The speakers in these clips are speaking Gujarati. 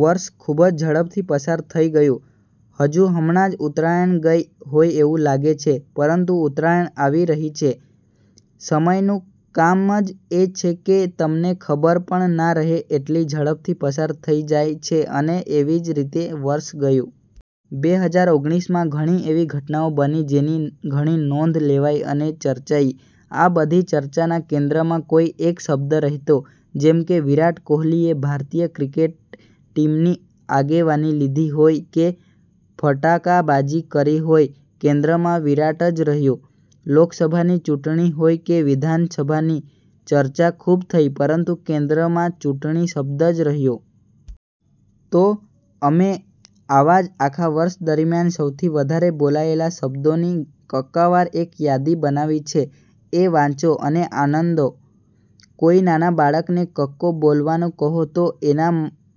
વર્ષ ખૂબ જ ઝડપથી પસાર થઈ ગયું, હજુ હમણાં જ ઉત્તરાયણ ગઈ હોય એવું લાગે છે; પરંતુ ઉત્તરાયણ આવી રહી છે. સમયનું કામ જ એ છે કે તમને ખબર પણ ના રહે એટલી ઝડપથી પસાર થઈ જાય છે અને એવી જ રીતે વર્ષ ગયું. બે હજાર ઓગણીસ માં ઘણી એવી ઘટનાઓ બની જેની ઘણી નોંધ લેવાઈ અને ચર્ચાઈ. આ બધી ચર્ચાના કેન્દ્રમાં કોઈ એક શબ્દ રહેતો. જેમ કે, વિરાટ કોહલીએ ભારતીય ક્રિકેટ ટીમની આગેવાની લીધી હોય કે ફટકાબાજી કરી હોય કેન્દ્રમાં વિરાટ જ રહ્યો, લોકસભાની ચૂંટણી હોય કે વિધાનસભાની, ચર્ચા ખૂબ થઈ પરંતુ કેન્દ્રમાં ચૂંટણી શબ્દ જ રહ્યો. તો, અમે આવા જ આખા વર્ષ દરમિયાન સૌથી વધારે બોલાયેલા શબ્દોની કક્કાવાર એક યાદી બનાવી છે એ વાંચો અને આનંદો. કોઈ નાના બાળકને કક્કો બોલવાનું કહો તો એના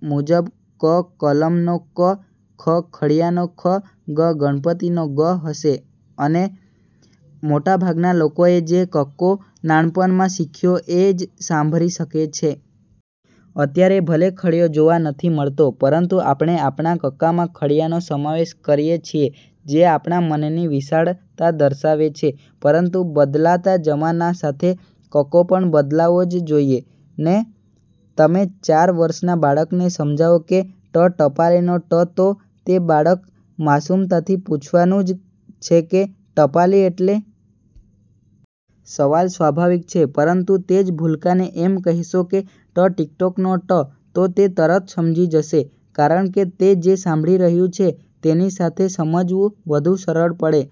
મુજબ ક કલમનો ક, ખ ખડિયાનો ખ, ગ ગણપતિનો ગ હશે અને મોટાભાગના લોકોએ જે કક્કો નાનપણમાં શીખ્યો એ જ સાંભરી શકે છે. અત્યારે ભલે ખડિયો જોવા નથી મળતો પરંતુ આપણે આપણા કક્કામાં ખડિયાનો સમાવેશ કરીએ છીએ જે આપણા મનની વિશાળતા દર્શાવે છે પરંતુ બદલાતા જમાના સાથે કક્કો પણ બદલાવો જ જોઈએ ને! તમે ચાર વર્ષના બાળકને સમજાવો કે 'ટ ટપાલીનો ટ' તો તે બાળક માસુમતાથી પૂછવાનું જ છે કે 'ટપાલી એટલે? ' સવાલ સ્વાભાવિક છે પરંતુ તે જ ભૂલકાને એમ કહેશો કે 'ટ ટિકટોકનો ટ' તો તે તરત સમજી જશે. કારણકે તે જે સાંભળી રહ્યું છે તેની સાથે સમજવું વધુ સરળ પડે.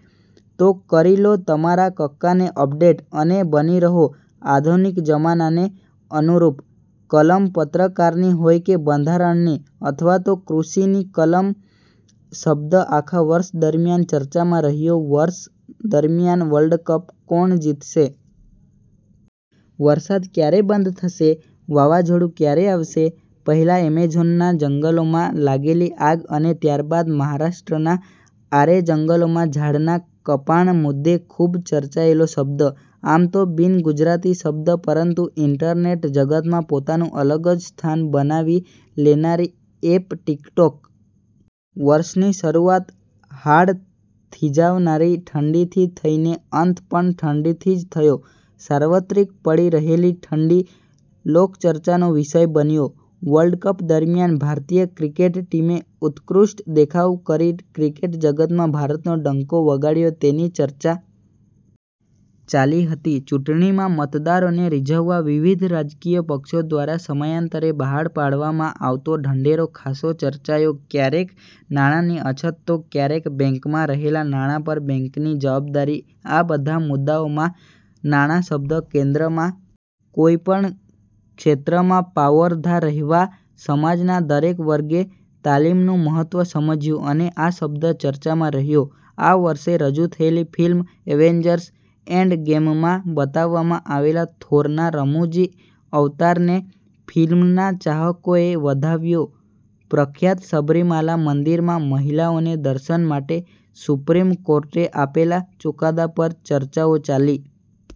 તો કરી લો તમારા કક્કાને અપડેટ અને બની રહો 'આધુનિક જમાનાને અનુરૂપ' કલમ પત્રકારની હોય કે બંધારણની અથવા તો કૃષિની; કલમ શબ્દ આખા વર્ષ દરમિયાન ચર્ચામાં રહ્યો વર્ષ દરમિયાન "વર્લ્ડ કપ કોણ જીતશે? ", "વરસાદ ક્યારે બંધ થશે? ", "વાવાઝોડું ક્યારે આવશે? પહેલા એમેઝોનના જંગલોમાં લાગેલી આગ અને ત્યારબાદ મહારાષ્ટ્રના આરે જંગલોમાં ઝાડના કપાણ મુદ્દે ખૂબ ચર્ચાયેલો શબ્દ. આમ તો બિનગુજરાતી શબ્દ પરંતુ ઈન્ટરનેટ જગતમાં પોતાનું અલગ જ સ્થાન બનાવી લેનારી એપ ટિકટોક. વર્ષની શરૂઆત હાડ થીજાવનારી ઠંડીથી થઈને અંત પણ ઠંડીથી જ થયો. સાર્વત્રિક પડી રહેલી ઠંડી લોકચર્ચાનો વિષય બન્યો. વર્લ્ડકપ દરમિયાન ભારતીય ક્રિકેટ ટીમે ઉત્કૃષ્ટ દેખાવ કરી ક્રિકેટ જગતમાં ભારતનો ડંકો વગાડ્યો તેની ચર્ચા ચાલી હતી ચૂંટણીમાં મતદારોને રીઝવવા વિવિધ રાજકીય પક્ષો દ્વારા સમયાંતરે બહાર પાડવામાં આવતો ઢંઢેરો ખાસ્સો ચર્ચાયો ક્યારેક નાણાંની અછત તો ક્યારેક બેંકમાં રહેલાં નાણાં પર બેન્કની જવાબદારી આ બધા મુદ્દાઓમાં નાણાં શબ્દ કેન્દ્રમાં રહ્યો કોઈ પણ ક્ષેત્રમાં પાવરધા રહેવા સમાજના દરેક વર્ગે તાલીમનું મહત્ત્વ સમજ્યું અને આ શબ્દ ચર્ચામાં રહ્યો આ વર્ષે રજૂ થયેલી ફિલ્મ એવેન્જર્સ: એન્ડ ગેમમાં બતાવવામાં આવેલા થોરના રમુજી અવતારને ફિલ્મના ચાહકોએ વધાવ્યો પ્રખ્યાત સબરીમાલા મંદિરમાં મહિલાઓને દર્શન માટે સુપ્રીમ કોર્ટે આપેલા ચુકાદા પર ચર્ચાઓ ચાલી।